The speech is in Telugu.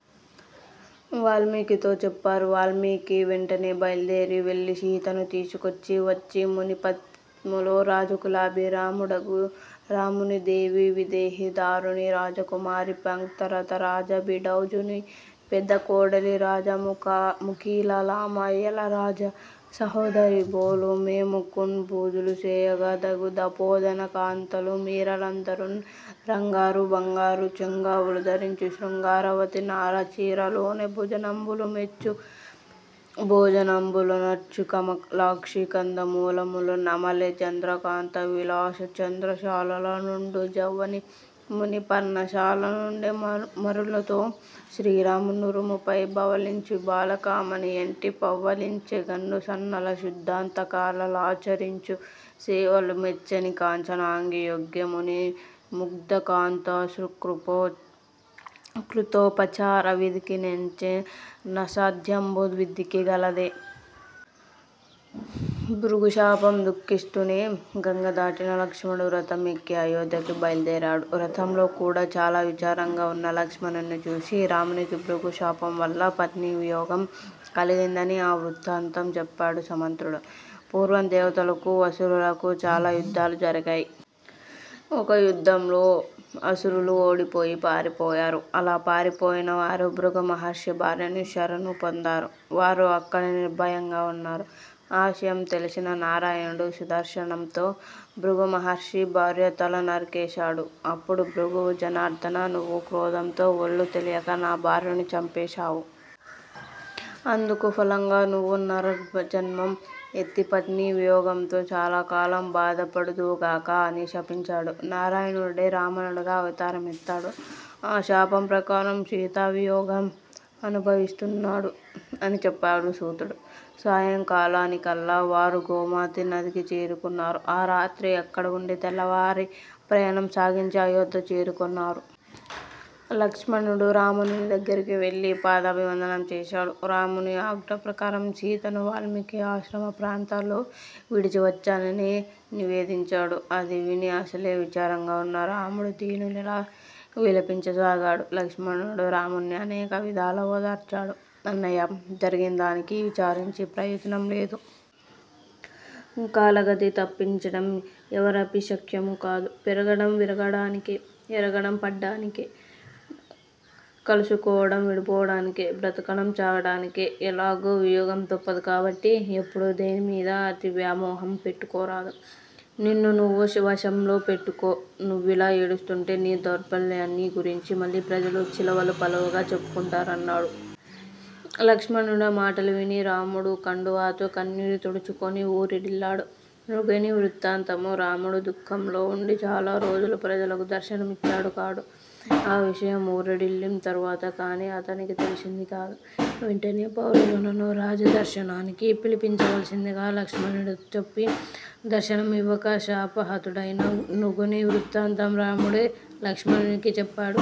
వాల్మీకితో చెప్పారు. వాల్మీకి వెంటనే బైల్దేరి వెళ్లి సీతను తీసుకొని వచ్చి మునిపత్నుల్తో రాజకులాభి రాముడగు రామునిదేవి, విదేహ ధారుణీ రాజకుమారి, పంక్తి రథరాజబిడౌజుని పెద్ద కోడలీ రాజముఖీలలామ, యలరాజ సహోదరి బోలు మీమెకున్ బూజులు సేయగా దగు దపోధనకాంతలు మీరలందరున్ రంగారు బంగారు చెంగావులు ధరించు శృంగారవతి నార చీరలూనె భూజనంబులు మెచ్చు భోజనంబులొనర్చు కమాలాక్షి కందమూలములు నమలె జంద్రకాంత విశాలచంద్రశాలలనుండు జవ్వని మునిపర్ణశాల నుండె మరులుతో శ్రీరాము నురముపై బవళించు బాలకామణి యొంటి పవ్వళించె గన్ను సన్నల శుద్దాంతకాంత లాచ రించు సేవలు మెచ్చని కాంచనాంగి యొగ్గె ముని ముగ్దకాంతా కృతోపచార విధికి నెంచె నసాధ్యంబు విధికి గలదె? భృగుశాపం: దుఃఖిస్తునే గంగ దాటిన లక్ష్మణుడు రథం ఎక్కి అయోధ్యకు బైల్దేరాడు. రథంలో కూడా చాల విచారంగా వున్న లక్ష్మణుణ్ని చూసి రామునికి భృగు శాపం వల్ల పత్నీ వియోగం కలిగిందని ఆ వృత్తాంతం చెప్పాడు సమంత్రుడు. పూర్వం దేవతలకూ అసురులకూ చాలా యుద్దాలు జరిగాయి. ఒక యుద్దంలో అసురులు ఓడిపోయి పారిపోయారు. అలా పారిపోయినవారు భృగు మహర్షి భార్యను శరణు పొందారు. వారు అక్కడ నిర్బయంగా వున్నారు. ఆ విషయం తెలిసిన నారాయణుడు సుదర్శనంతో భృగుమహర్షి భార్య తల నరికేశాడు. అప్పుడు భృగువు జనార్దనా! నువ్వు క్రోధంతో ఒళ్ళు తెలియక నా భార్యను చంపేశావు. అందుకు ఫలంగా నువ్వు నరజన్మం ఎత్తి పత్నీ వియోగంతో చాలాకాలం బాధపడుదువుగాక అని శపించాడు. నారాయణుడే రామునిగా అవతారం ఎత్తాడు. ఆ శాపం ప్రకారం సీతా వియోగం అనుభవిస్తున్నాడు అని చెప్పాడు సూతుడు. సాయంకాలానికల్లా వారు గోమతీ నదికి చేరుకున్నారు. ఆ రాత్రి అక్కడ వుండి తెల్లవారి ప్రయాణం సాగించి అయోధ్య చేరుకొన్నారు. లక్ష్మణుడు రాముని దగ్గరికి వెళ్ళి పాదాభివందనం చేశాడు. రాముని ఆజ్ఞ ప్రకారం సీతను వాల్మీకి ఆశ్రమ ప్రాంతాల్లో విడిచివచ్చానని నివేదించాడు. అది విని అసలే విచారంగా వున్న రాముడు దీనునిలా విలపించసాగాడు. లక్ష్మణుడు రాముణ్ని అనేక విధాల ఓదార్చాడు. అన్నయ్యా! జరిగిందానికి విచారించి ప్రయోజనం లేదు. కాలగతి తప్పించడం ఎవరపి శక్యమూ కాదు. పెరగడం విరగడానికే. ఎగరడం పడ్డానికే. కలుసుకోవడం విడిపోవడానికే. బ్రతకడం చావడానికే. ఎలాగూ వియోగం తప్పదు. కాబట్టి ఎప్పుడూ దేనిమీదా అతి వ్యామోహం పెట్టుకోరాదు. నిన్ను నువ్వు వశంలో పెట్టుకో. నువ్విలా ఏడుస్తుంటే నీ దౌర్భల్యాన్ని గురించి మళ్ళీ ప్రజలు చిలవలు పలవలుగా చెప్పుకుంటారు అన్నాడు. లక్ష్మణుడు మాటలు విని రాముడు కండువాతో కన్నీరు తుడుచుకొని ఊరడిల్లాడు. నృగుని వృత్తాంతము: రాముడు దుఃఖంలో వుండి చాల రోజులు ప్రజలకు దర్శనం ఇచ్చాడు కాడు. ఆ విషయం ఊరడిల్లిం తర్వాత కాని అతనికి తెలిసింది కాదు. వెంటనే పౌరులను రాజదర్శనానికి పిలిపించవలసిందిగా లక్ష్మణునితో చెప్పి దర్శనం ఇవ్వక శాపహతుడైన నృగుని వృత్తాంతం రాముడు లక్ష్మణునికి చెప్పాడు.